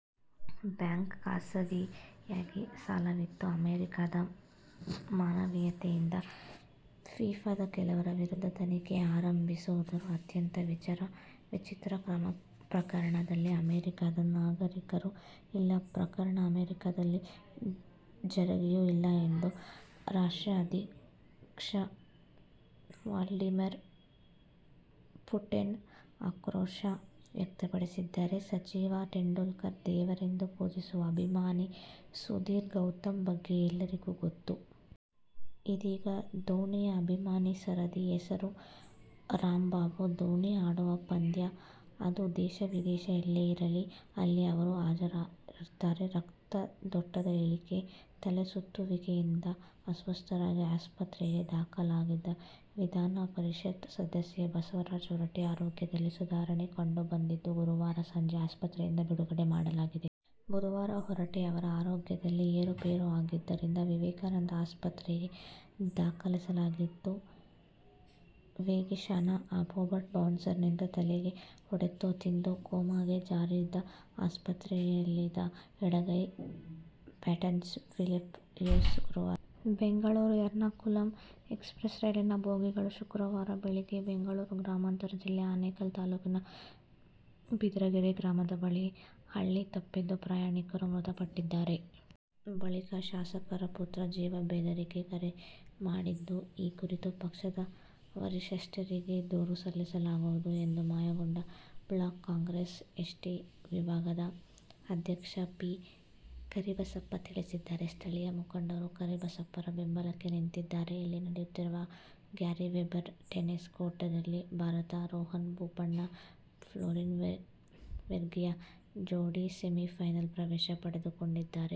Bank, ಖಾಸಗಿಯಾಗಿ ಸಾಲವಿತ್ತು. ಅಮೆರಿಕದ ಮನವಿಯಂತೆ ಫಿಫಾದ ಕೆಲವರ ವಿರುದ್ಧ ತನಿಖೆ ಆರಂಭಿಸಿರುವುದು ಅತ್ಯಂತ ವಿಚಿತ್ರ ಕ್ರಮ. ಪ್ರಕರಣದಲ್ಲಿ ಅಮೆರಿಕದ ನಾಗರಿಕರೂ ಇಲ್ಲ, ಪ್ರಕರಣ ಅಮೆರಿಕದಲ್ಲಿ ಜರಗಿಯೂ ಇಲ್ಲ ಎಂದು ರಶ್ಯಾ ಅಧ್ಯಕ್ಷ ವ್ಲಾದಿಮಿರ್ ಪುಟಿನ್ ಆಕ್ರೋಶ ವ್ಯಕ್ತಪಡಿಸಿದ್ದಾರೆ. ಸಚಿನ್ ತೆಂಡುಲ್ಕರ್ ದೇವರೆಂದು ಪೂಜಿಸುವ ಅಭಿಮಾನಿ ಸುಧೀರ್ ಗೌತಮ್ ಬಗ್ಗೆ ಎಲ್ಲರಿಗೂ ಗೊತ್ತು. ಇದೀಗ ಧೋನಿಯ ಅಭಿಮಾನಿ ಸರದಿ. ಹೆಸರು ರಾಮ್ ಬಾಬು. ಧೋನಿ ಆಡುವ ಪಂದ್ಯ ಅದು ದೇಶ-ವಿದೇಶ ಎಲ್ಲೇ ಇರಲಿ. ಅಲ್ಲಿ ಅವರು ಹಾಜರಿರುತ್ತಾರೆ. ರಕ್ತದೊತ್ತಡ ಇಳಿಕೆ, ತಲೆಸುತ್ತುವಿಕೆಯಿಂದ ಅಸ್ವಸ್ಥರಾಗಿ ಆಸ್ಪತ್ರೆಗೆ ದಾಖಲಾಗಿದ್ದ ವಿಧಾನ ಪರಿಷತ್ ಸದಸ್ಯ ಬಸವರಾಜ ಹೊರಟ್ಟಿ ಆರೋಗ್ಯದಲ್ಲಿ ಸುಧಾರಣೆ ಕಂಡು ಬಂದಿದ್ದು, ಗುರುವಾರ ಸಂಜೆ ಆಸ್ಪತ್ರೆಯಿಂದ ಬಿಡುಗಡೆ ಮಾಡಲಾಗಿದೆ. ಬುಧವಾರ ಹೊರಟ್ಟಿ ಅವರ ಆರೋಗ್ಯದಲ್ಲಿ ಏರುಪೇರು ಆಗಿದ್ದರಿಂದ ವಿವೇಕಾನಂದ ಆಸ್ಪತ್ರೆಗೆ ದಾಖಲಿಸಲಾಗಿತ್ತು. ಶೆಫೀಲ್ಡ್ಶೀಲ್ಡ್ ಪಂದ್ಯದಲ್ಲಿ ವೇಗಿ ಶಾನ್ ಅಬೋಟ್ ಬೌನ್ಸರ್ನಿಂದ ತಲೆಗೆ ಹೊಡೆತ ತಿಂದು ಕೋಮಾಕ್ಕೆ ಜಾರಿದ್ದ ಆಸ್ಟ್ರೇಲಿಯದ ಎಡಗೈ ಬ್ಯಾಟ್ಸ್ಮನ್ ಫಿಲಿಪ್ ಹ್ಯೂಸ್ ಗುರುವಾರ ನಿಧನರಾದರು. ಬೆಂಗಳೂರು-ಎರ್ನಾಕುಲಂ ಎಕ್ಸ್ಪ್ರಸ್ ರೈಲಿನ ಬೋಗಿಗಳು ಶುಕ್ರವಾರ ಬೆಳಗ್ಗೆ ಬೆಂಗಳೂರು ಗ್ರಾಮಾಂತರ ಜಿಲ್ಲೆ ಆನೇಕಲ್ ತಾಲೂಕಿನ ಬಿದರಗೆರೆ ಗ್ರಾಮದ ಬಳಿ ಹಳಿ ತಪ್ಪಿದ್ದು, ಪ್ರಯಾಣಿಕರು ಮೃತಪಟ್ಟಿದ್ದಾರೆ. ಬಳಿಕ ಶಾಸಕರ ಪುತ್ರ ಜೀವಬೆದರಿಕೆ ಕರೆ ಮಾಡಿದ್ದು, ಈ ಕುರಿತು ಪಕ್ಷದ ವರಿಷ್ಠರಿಗೆ ದೂರು ಸಲ್ಲಿಸಲಾಗುವುದು ಎಂದು ಮಾಯಕೊಂಡ ಬ್ಲಾಕ್ ಕಾಂಗ್ರೆಸ್ ಎಸ್ಟಿ ವಿಭಾಗದ ಅಧ್ಯಕ್ಷ ಪಿ. ಕರಿಬಸಪ್ಪ ತಿಳಿಸಿದ್ದಾರೆ. ಸ್ಥಳೀಯ ಮುಖಂಡರು ಕರಿಬಸಪ್ಪರ ಬೆಂಬಲಕ್ಕೆ ನಿಂತಿದ್ದಾರೆ. ಇಲ್ಲಿ ನಡೆಯುತ್ತಿರುವ ಗ್ಯಾರಿ ವೆಬ್ಬರ್ ಟೆನ್ನಿಸ್ ಕೂಟದಲ್ಲಿ ಭಾರತದ ರೋಹನ್ ಬೋಪಣ್ಣ ಫ್ಲೋರಿನ್ ಮೆರ್ಗಿಯಾ ಜೋಡಿ ಸೆಮಿಫೈನಲ್ ಪ್ರವೇಶ ಪಡೆದುಕೊಂಡಿದ್ದಾರೆ.